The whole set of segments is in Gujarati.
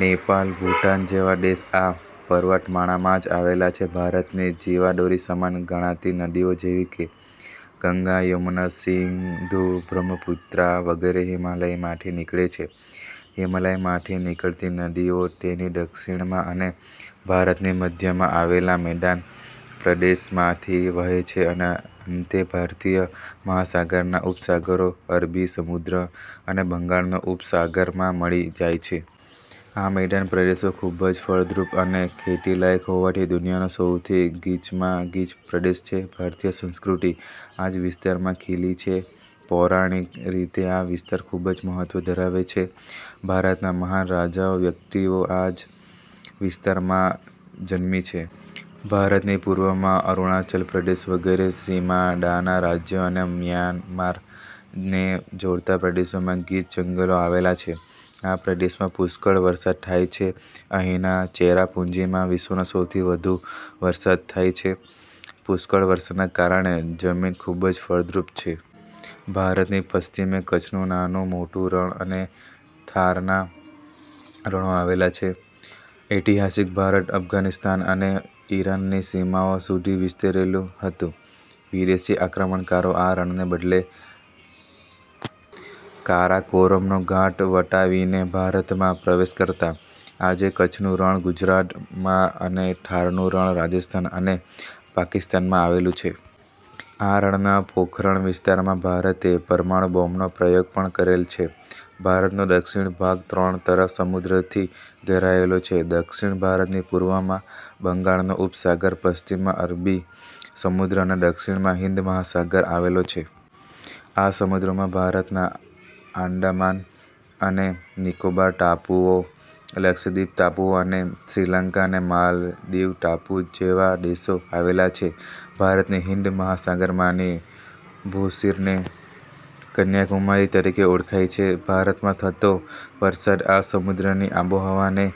નેપાલ, ભૂતાન જેવા દેશ આ પર્વતમાળામાં જ આવેલા છે. ભારતની જીવાદોરી સમાન ગણાતી નદીઓ જેવી કે ગંગા, યમુના, સિંધુ, બ્રહ્મપુત્રા વગેરે હિમાલયમાંથી નીકળે છે. હિમાલયમાંથી નીકળતી નદીઓ તેની દક્ષિણમાં અને ભારતની મધ્યમાં આવેલા મેદાન પ્રદેશમાંથી વહે છે અને અંતે ભારતીય મહાસાગરના ઉપસાગરો – અરબી સમુદ્ર અને બંગાળનો ઉપસાગર – માં મળી જાય છે. આ મેદાન પ્રદેશો ખૂબજ ફળદ્રુપ અને ખેતીલાયક હોવાથી દુનિયાનો સૌથી ગીચમાં ગીચ પ્રદેશ છે. ભારતીય સંસ્કૃતિ આ જ વિસ્તારમાં ખીલી છે. પૌરાણિક રીતે આ વિસ્તાર ખૂબ જ મહત્વ ધરાવે છે. ભારતના મહાન રાજાઓ, વ્યક્તિઓ આ જ વિસ્તારમાં જન્મી છે. ભારતની પૂર્વમાં અરૂણાચલ પ્રદેશ વગેરે સીમાડાના રાજ્યો અને મ્યાનમાર ને જોડતા પ્રદેશોમાં ગીચ જંગલો આવેલા છે. આ પ્રદેશમાં પુષ્કળ વરસાદ થાય છે. અહીંના ચેરાપુંજીમાં વિશ્વનો સૌથી વધુ વરસાદ થાય છે. પુષ્કળ વરસાદના કારણે જમીન ખૂબ જ ફળદ્રુપ છે. ભારતની પશ્ચિમે કચ્છનું નાનું, મોટું રણ અને થારના રણો આવેલા છે. ઐતિહાસિક ભારત અફઘાનિસ્તાન અને ઇરાનની સીમાઓ સુધી વિસ્તરેલું હતું. વિદેશી આક્રમણકારો આ રણને બદલે કારાકોરમનો ઘાટ વટાવીને ભારતમાં પ્રવેશ કરતા. આજે કચ્છનું રણ ગુજરાત માં અને થારનું રણ રાજસ્થાન અને પાકિસ્તાનમાં આવેલું છે. આ રણના પોખરણ વિસ્તારમાં ભારતે પરમાણુ બોમ્બનો પ્રયોગ પણ કરેલ છે. ભારતનો દક્ષિણ ભાગ ત્રણ તરફ સમુદ્રથી ઘેરાયેલો છે. દક્ષિણ ભારતની પૂર્વમાં બંગાળનો ઉપસાગર, પશ્ચિમમાં અરબી સમુદ્ર અને દક્ષિણમાં હિંદ મહાસાગર આવેલો છે. આ સમુદ્રમાં ભારતના આંદામાન અને નિકોબાર ટાપુઓ, લક્ષદ્વિપ ટાપુઓ અને શ્રીલંકા અને માલદીવ ટાપુ જેવા દેશો આવેલા છે. ભારતની હિંદ મહાસાગરમાંની ભૂશિરને કન્યાકુમારી તરીકે ઓળખાય છે. ભારતમાં થતો વરસાદ આ સમુદ્રની આબોહવાને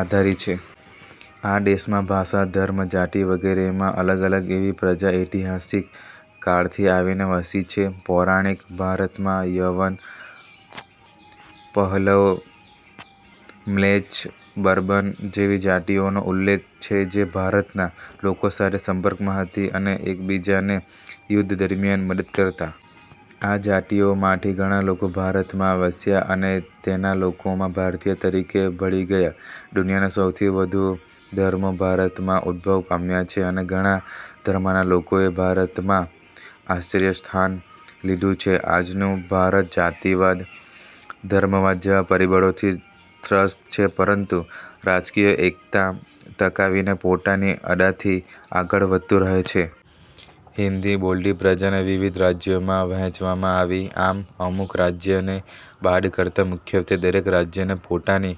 આધારી છે. આ દેશમાં ભાષા, ધર્મ, જાતિ વગેરેમાં અલગ અલગ એવી પ્રજા ઐતિહાસિક કાળથી આવીને વસી છે. પૌરાણીક ભારતમાં યવન, પહલવ, મ્લેચ્છ, બર્બર જેવી જાતિઓનો ઉલ્લેખ છે જે ભારતના લોકો સાથે સંપર્કમાં હતી અને એકબીજાને યુદ્ધ દરમિયાન મદદ કરતા. આ જાતિઓમાંથી ઘણા લોકો ભારતમાં વસ્યા અને તેના લોકોમાં ભારતીય તરીકે ભળી ગયા. દુનિયાના સૌથી વધુ ધર્મો ભારતમાં ઉદ્ભવ પામ્યા છે અને ઘણા ધર્મના લોકોએ ભારતમાં આશ્રયસ્થાન લીધું છે. આજનું ભારત જાતિવાદ, ધર્મવાદ જેવા પરિબળોથી ત્રસ્ત છે પરંતુ રાજકીય એક્તા ટકાવીને પોતાની અદાથી આગળ વધતુ રહે છે. હિન્દી બોલતી પ્રજાને વિવિધ રાજ્યોમાં વહેંચવામાં આવી. આમ, અમુક રાજ્યને બાદ કરતા મુખ્યત્વે દરેક રાજ્યને પોતાની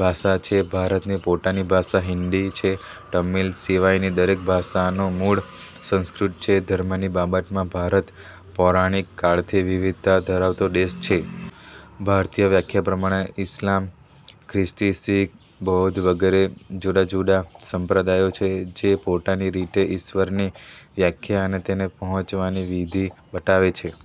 ભાષા છે. ભારતની પોતાની ભાષા હિન્દી છે. તમિલ સિવાયની દરેક ભાષાનું મૂળ સંસ્કૃત છે. ધર્મની બાબતમાં ભારત પૌરાણીક કાળથી વિવિધતા ધરાવતો દેશ છે. ભારતીય વ્યાખ્યા પ્રમાણે ઇસ્લામ, ખ્રિસ્તી, શીખ, બૌદ્ધ વગેરે જુદા-જુદા સંપ્રદાયો છે જે પોતાની રીતે ઇશ્વરની વ્યાખ્યા અને તેને પહોંચવાની વિધી બતાવે છે.